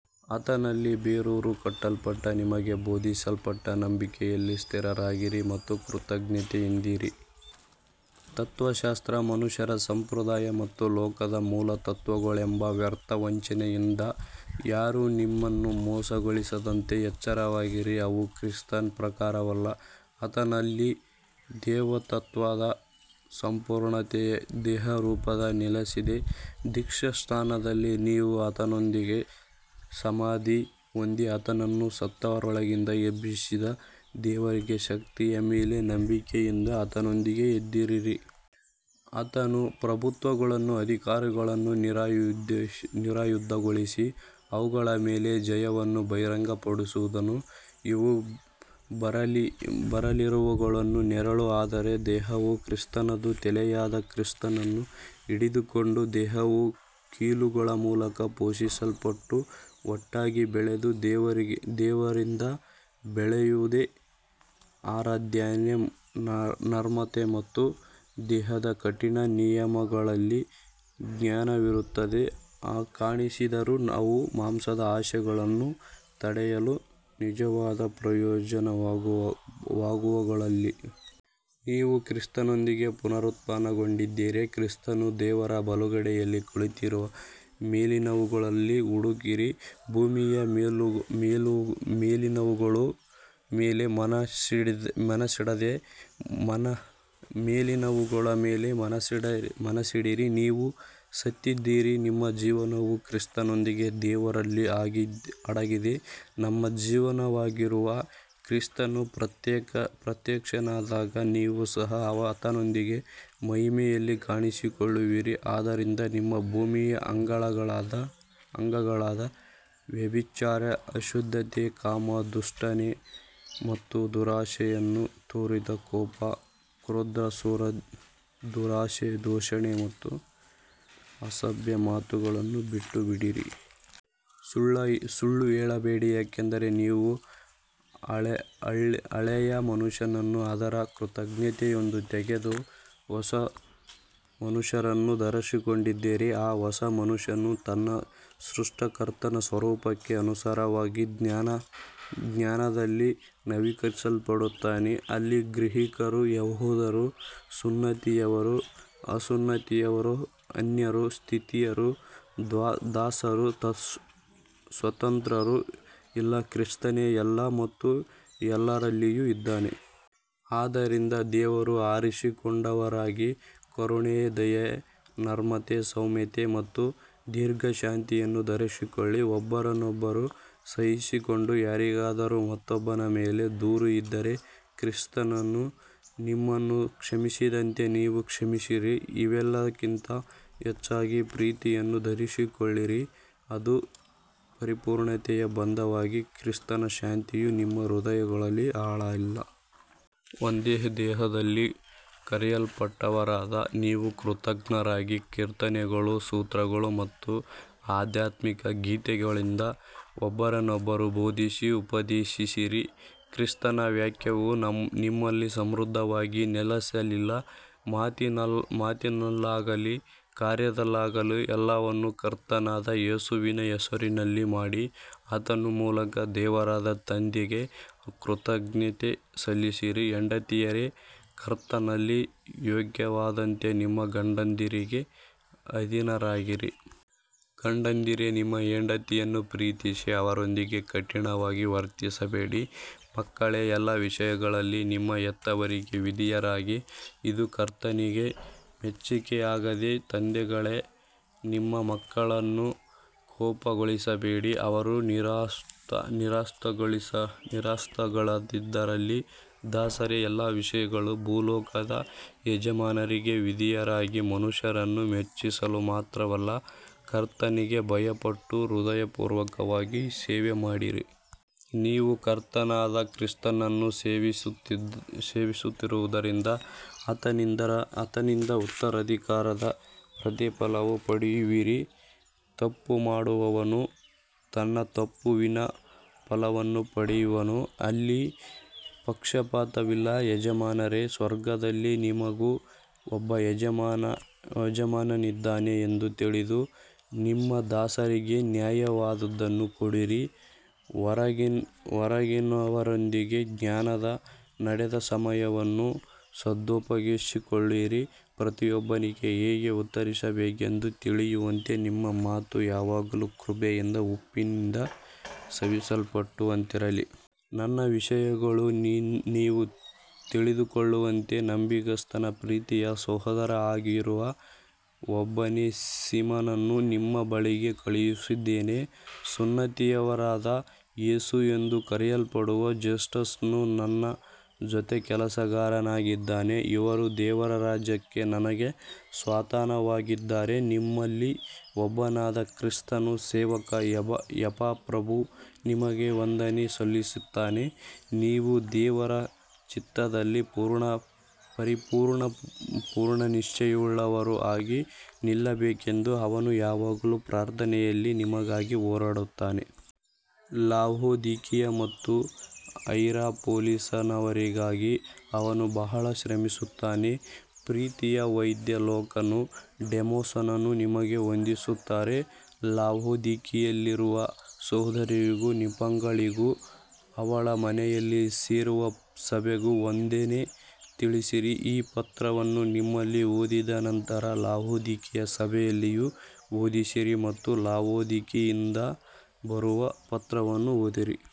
ಆತನಲ್ಲಿ ಬೇರೂರಿ ಕಟ್ಟಲ್ಪಟ್ಟು, ನಿಮಗೆ ಬೋಧಿಸಲ್ಪಟ್ಟ ನಂಬಿಕೆಯಲ್ಲಿ ಸ್ಥಿರರಾಗಿರಿ ಮತ್ತು ಕೃತಜ್ಞತೆಯಿಂದಿರಿ. ತತ್ತ್ವಶಾಸ್ತ್ರ, ಮನುಷ್ಯರ ಸಂಪ್ರದಾಯ ಮತ್ತು ಲೋಕದ ಮೂಲತತ್ತ್ವಗಳೆಂಬ ವ್ಯರ್ಥ ವಂಚನೆಯಿಂದ ಯಾರೂ ನಿಮ್ಮನ್ನು ಮೋಸಗೊಳಿಸದಂತೆ ಎಚ್ಚರವಾಗಿರಿ. ಅವು ಕ್ರಿಸ್ತನ ಪ್ರಕಾರವಲ್ಲ. ಆತನಲ್ಲಿ ದೇವತ್ವದ ಸಂಪೂರ್ಣತೆ ದೇಹರೂಪದಲ್ಲಿ ನೆಲೆಸಿದೆ. ದೀಕ್ಷಾಸ್ನಾನದಲ್ಲಿ ನೀವು ಆತನೊಂದಿಗೆ ಸಮಾಧಿ ಹೊಂದಿ, ಆತನನ್ನು ಸತ್ತವರೊಳಗಿಂದ ಎಬ್ಬಿಸಿದ ದೇವರ ಶಕ್ತಿಯ ಮೇಲಿನ ನಂಬಿಕೆಯಿಂದ ಆತನೊಂದಿಗೆ ಎದ್ದಿದ್ದೀರಿ. ಆತನು ಪ್ರಭುತ್ವಗಳನ್ನೂ ಅಧಿಕಾರಗಳನ್ನೂ ನಿರಾಯುಧಗೊಳಿಸಿ, ಅವುಗಳ ಮೇಲೆ ಜಯವನ್ನು ಬಹಿರಂಗಪಡಿಸಿದನು. ಇವು ಬರಲಿರುವವುಗಳ ನೆರಳು, ಆದರೆ ದೇಹವು ಕ್ರಿಸ್ತನದು. ತಲೆಯಾದ ಕ್ರಿಸ್ತನನ್ನು ಹಿಡಿದುಕೊಂಡು ದೇಹವು ಕೀಲುಗಳ ಮೂಲಕ ಪೋಷಿಸಲ್ಪಟ್ಟು ಒಟ್ಟಾಗಿ ಬೆಳೆದು ದೇವರಿಂದ ಬೆಳೆಯುತ್ತದೆ. ಆರಾಧನೆ, ನಮ್ರತೆ ಮತ್ತು ದೇಹದ ಕಠಿಣ ನಿಯಮಗಳಲ್ಲಿ ಜ್ಞಾನವಿರುವಂತೆ ಕಾಣಿಸಿದರೂ ಅವು ಮಾಂಸದ ಆಸೆಗಳನ್ನು ತಡೆಯಲು ನಿಜವಾದ ಪ್ರಯೋಜನವುಳ್ಳವುಗಳಲ್ಲ. ನೀವು ಕ್ರಿಸ್ತನೊಂದಿಗೆ ಪುನರುತ್ಥಾನಗೊಂಡಿದ್ದರೆ, ಕ್ರಿಸ್ತನು ದೇವರ ಬಲಗಡೆಯಲ್ಲಿ ಕುಳಿತಿರುವ ಮೇಲಿನವುಗಳನ್ನು ಹುಡುಕಿರಿ. ಭೂಮಿಯ ಮೇಲಿನವುಗಳ ಮೇಲೆ ಮನಸ್ಸಿಡದೆ ಮೇಲಿನವುಗಳ ಮೇಲೆ ಮನಸ್ಸಿಡಿರಿ. ನೀವು ಸತ್ತಿದ್ದೀರಿ, ನಿಮ್ಮ ಜೀವವು ಕ್ರಿಸ್ತನೊಂದಿಗೆ ದೇವರಲ್ಲಿ ಅಡಗಿದೆ. ನಮ್ಮ ಜೀವವಾಗಿರುವ ಕ್ರಿಸ್ತನು ಪ್ರತ್ಯಕ್ಷನಾದಾಗ ನೀವು ಸಹ ಆತನೊಂದಿಗೆ ಮಹಿಮೆಯಲ್ಲಿ ಕಾಣಿಸಿಕೊಳ್ಳುವಿರಿ. ಆದ್ದರಿಂದ ನಿಮ್ಮ ಭೂಮಿಯ ಅಂಗಗಳಾದ ವ್ಯಭಿಚಾರ, ಅಶುದ್ಧತೆ, ಕಾಮ, ದುಷ್ಟಾಸೆ ಮತ್ತು ದುರಾಶೆಯನ್ನು ತೊರೆದು, ಕೋಪ, ಕ್ರೋಧ, ದುರುದ್ದೇಶ, ದೂಷಣೆ ಮತ್ತು ಅಸಭ್ಯ ಮಾತುಗಳನ್ನು ಬಿಟ್ಟುಬಿಡಿರಿ. ಸುಳ್ಳು ಹೇಳಬೇಡಿ, ಏಕೆಂದರೆ ನೀವು ಹಳೆಯ ಮನುಷ್ಯನನ್ನು ಅದರ ಕೃತ್ಯಗಳೊಂದಿಗೆ ತೆಗೆದು ಹೊಸ ಮನುಷ್ಯನನ್ನು ಧರಿಸಿಕೊಂಡಿದ್ದೀರಿ. ಆ ಹೊಸ ಮನುಷ್ಯನು ತನ್ನ ಸೃಷ್ಟಿಕರ್ತನ ಸ್ವರೂಪಕ್ಕೆ ಅನುಸಾರವಾಗಿ ಜ್ಞಾನದಲ್ಲಿ ನವೀಕರಿಸಲ್ಪಡುತ್ತಾನೆ. ಅಲ್ಲಿ ಗ್ರೀಕರೂ ಯಹೂದ್ಯರೂ, ಸುನ್ನತಿಯವರೂ ಅಸುನ್ನತಿಯವರೂ, ಅನ್ಯರೂ ಸಿಥಿಯರೂ, ದಾಸರೂ ಸ್ವತಂತ್ರರೂ ಇಲ್ಲ, ಕ್ರಿಸ್ತನೇ ಎಲ್ಲವೂ ಮತ್ತು ಎಲ್ಲರಲ್ಲಿಯೂ ಇದ್ದಾನೆ. ಆದ್ದರಿಂದ ದೇವರ ಆರಿಸಿಕೊಂಡವರಾಗಿ ಕರುಣೆ, ದಯೆ, ನಮ್ರತೆ, ಸೌಮ್ಯತೆ ಮತ್ತು ದೀರ್ಘಶಾಂತಿಯನ್ನು ಧರಿಸಿಕೊಳ್ಳಿರಿ. ಒಬ್ಬರನ್ನೊಬ್ಬರು ಸಹಿಸಿಕೊಂಡು, ಯಾರಿಗಾದರೂ ಮತ್ತೊಬ್ಬನ ಮೇಲೆ ದೂರು ಇದ್ದರೆ ಕ್ರಿಸ್ತನು ನಿಮ್ಮನ್ನು ಕ್ಷಮಿಸಿದಂತೆ ನೀವೂ ಕ್ಷಮಿಸಿರಿ. ಇವೆಲ್ಲಕ್ಕಿಂತ ಹೆಚ್ಚಾಗಿ ಪ್ರೀತಿಯನ್ನು ಧರಿಸಿಕೊಳ್ಳಿರಿ, ಅದು ಪರಿಪೂರ್ಣತೆಯ ಬಂಧವಾಗಿದೆ. ಕ್ರಿಸ್ತನ ಶಾಂತಿಯು ನಿಮ್ಮ ಹೃದಯಗಳಲ್ಲಿ ಆಳಲಿ. ಒಂದೇ ದೇಹದಲ್ಲಿ ಕರೆಯಲ್ಪಟ್ಟವರಾದ ನೀವು ಕೃತಜ್ಞರಾಗಿರಿ. ಕೀರ್ತನೆಗಳು, ಸ್ತೋತ್ರಗಳು ಮತ್ತು ಆಧ್ಯಾತ್ಮಿಕ ಗೀತೆಗಳಿಂದ ಒಬ್ಬರನ್ನೊಬ್ಬರು ಬೋಧಿಸಿ, ಉಪದೇಶಿಸಿರಿ. ಕ್ರಿಸ್ತನ ವಾಕ್ಯವು ನಿಮ್ಮಲ್ಲಿ ಸಮೃದ್ಧವಾಗಿ ನೆಲೆಸಲಿ. ಮಾತಿನಲ್ಲಾಗಲಿ ಕಾರ್ಯದಲ್ಲಾಗಲಿ ಎಲ್ಲವನ್ನೂ ಕರ್ತನಾದ ಯೇಸುವಿನ ಹೆಸರಿನಲ್ಲಿ ಮಾಡಿ, ಆತನ ಮೂಲಕ ದೇವರಾದ ತಂದೆಗೆ ಕೃತಜ್ಞತೆ ಸಲ್ಲಿಸಿರಿ. ಹೆಂಡತಿಯರೇ, ಕರ್ತನಲ್ಲಿ ಯೋಗ್ಯವಾದಂತೆ ನಿಮ್ಮ ಗಂಡಂದಿರಿಗೆ ಅಧೀನರಾಗಿರಿ. ಗಂಡಂದಿರೇ, ನಿಮ್ಮ ಹೆಂಡತಿಯರನ್ನು ಪ್ರೀತಿಸಿ, ಅವರೊಂದಿಗೆ ಕಠಿಣವಾಗಿ ವರ್ತಿಸಬೇಡಿ. ಮಕ್ಕಳೇ, ಎಲ್ಲ ವಿಷಯಗಳಲ್ಲಿ ನಿಮ್ಮ ಹೆತ್ತವರಿಗೆ ವಿಧೇಯರಾಗಿರಿ, ಇದು ಕರ್ತನಿಗೆ ಮೆಚ್ಚಿಕೆಯಾಗಿದೆ. ತಂದೆಗಳೇ, ನಿಮ್ಮ ಮಕ್ಕಳನ್ನು ಕೋಪಗೊಳಿಸಬೇಡಿ, ಅವರು ನಿರುತ್ಸಾಹಗೊಳ್ಳದಿರಲಿ. ದಾಸರೇ, ಎಲ್ಲ ವಿಷಯಗಳಲ್ಲಿ ಭೂಲೋಕದ ಯಜಮಾನರಿಗೆ ವಿಧೇಯರಾಗಿರಿ, ಮನುಷ್ಯರನ್ನು ಮೆಚ್ಚಿಸಲು ಮಾತ್ರವಲ್ಲ, ಕರ್ತನಿಗೆ ಭಯಪಟ್ಟು ಹೃದಯಪೂರ್ವಕವಾಗಿ ಸೇವೆಮಾಡಿರಿ. ನೀವು ಕರ್ತನಾದ ಕ್ರಿಸ್ತನನ್ನು ಸೇವಿಸುತ್ತಿರುವುದರಿಂದ ಆತನಿಂದ ಉತ್ತರಾಧಿಕಾರದ ಪ್ರತಿಫಲವನ್ನು ಪಡೆಯುವಿರಿ. ತಪ್ಪುಮಾಡುವವನು ತನ್ನ ತಪ್ಪಿನ ಫಲವನ್ನು ಪಡೆಯುವನು, ಅಲ್ಲಿ ಪಕ್ಷಪಾತವಿಲ್ಲ. ಯಜಮಾನರೇ, ಸ್ವರ್ಗದಲ್ಲಿ ನಿಮಗೂ ಒಬ್ಬ ಯಜಮಾನನಿದ್ದಾನೆಂದು ತಿಳಿದು ನಿಮ್ಮ ದಾಸರಿಗೆ ನ್ಯಾಯವಾದದ್ದನ್ನು ಕೊಡಿರಿ. ಹೊರಗಿನವರೊಂದಿಗೆ ಜ್ಞಾನದಿಂದ ನಡೆದು, ಸಮಯವನ್ನು ಸದುಪಯೋಗಪಡಿಸಿಕೊಳ್ಳಿರಿ. ಪ್ರತಿಯೊಬ್ಬನಿಗೆ ಹೇಗೆ ಉತ್ತರಿಸಬೇಕೆಂದು ತಿಳಿಯುವಂತೆ ನಿಮ್ಮ ಮಾತು ಯಾವಾಗಲೂ ಕೃಪೆಯಿಂದ, ಉಪ್ಪಿನಿಂದ ಸವಿಯಲ್ಪಟ್ಟಂತಿರಲಿ. ನನ್ನ ವಿಷಯಗಳನ್ನು ನೀವು ತಿಳಿದುಕೊಳ್ಳುವಂತೆ ನಂಬಿಗಸ್ತನೂ ಪ್ರೀತಿಯ ಸಹೋದರನೂ ಆಗಿರುವ ಒನೇಸಿಮನನ್ನು ನಿಮ್ಮ ಬಳಿಗೆ ಕಳುಹಿಸಿದ್ದೇನೆ. ಸುನ್ನತಿಯವರಾದ ಯೇಸು ಎಂದು ಕರೆಯಲ್ಪಡುವ ಜಸ್ಟಸನೂ ನನ್ನ ಜೊತೆಕೆಲಸಗಾರನಾಗಿದ್ದಾನೆ. ಇವರು ದೇವರ ರಾಜ್ಯಕ್ಕಾಗಿ ನನಗೆ ಸಾಂತ್ವನವಾಗಿದ್ದಾರೆ. ನಿಮ್ಮಲ್ಲಿ ಒಬ್ಬನಾದ ಕ್ರಿಸ್ತನ ಸೇವಕ ಎಪಫ್ರನು ನಿಮಗೆ ವಂದನೆ ಸಲ್ಲಿಸುತ್ತಾನೆ. ನೀವು ದೇವರ ಚಿತ್ತದಲ್ಲಿ ಪರಿಪೂರ್ಣರೂ ಪೂರ್ಣನಿಶ್ಚಯವುಳ್ಳವರೂ ಆಗಿ ನಿಲ್ಲಬೇಕೆಂದು ಅವನು ಯಾವಾಗಲೂ ಪ್ರಾರ್ಥನೆಯಲ್ಲಿ ನಿಮಗಾಗಿ ಹೋರಾಡುತ್ತಾನೆ. ಲಾವೊದಿಕೀಯ ಮತ್ತು ಹೈರಾಪೊಲಿಸಿನವರಿಗಾಗಿ ಅವನು ಬಹಳ ಶ್ರಮಿಸುತ್ತಾನೆ. ಪ್ರೀತಿಯ ವೈದ್ಯ ಲೂಕನೂ ಡೆಮಾಸನೂ ನಿಮಗೆ ವಂದಿಸುತ್ತಾರೆ. ಲಾವೊದಿಕೀಯದಲ್ಲಿರುವ ಸಹೋದರರಿಗೂ ನಿಂಫಳಿಗೂ ಅವಳ ಮನೆಯಲ್ಲಿ ಸೇರುವ ಸಭೆಗೂ ವಂದನೆ ತಿಳಿಸಿರಿ. ಈ ಪತ್ರವನ್ನು ನಿಮ್ಮಲ್ಲಿ ಓದಿದ ನಂತರ ಲಾವೊದಿಕೀಯ ಸಭೆಯಲ್ಲಿಯೂ ಓದಿಸಿರಿ ಮತ್ತು ಲಾವೊದಿಕೀಯದಿಂದ ಬರುವ ಪತ್ರವನ್ನೂ ಓದಿರಿ.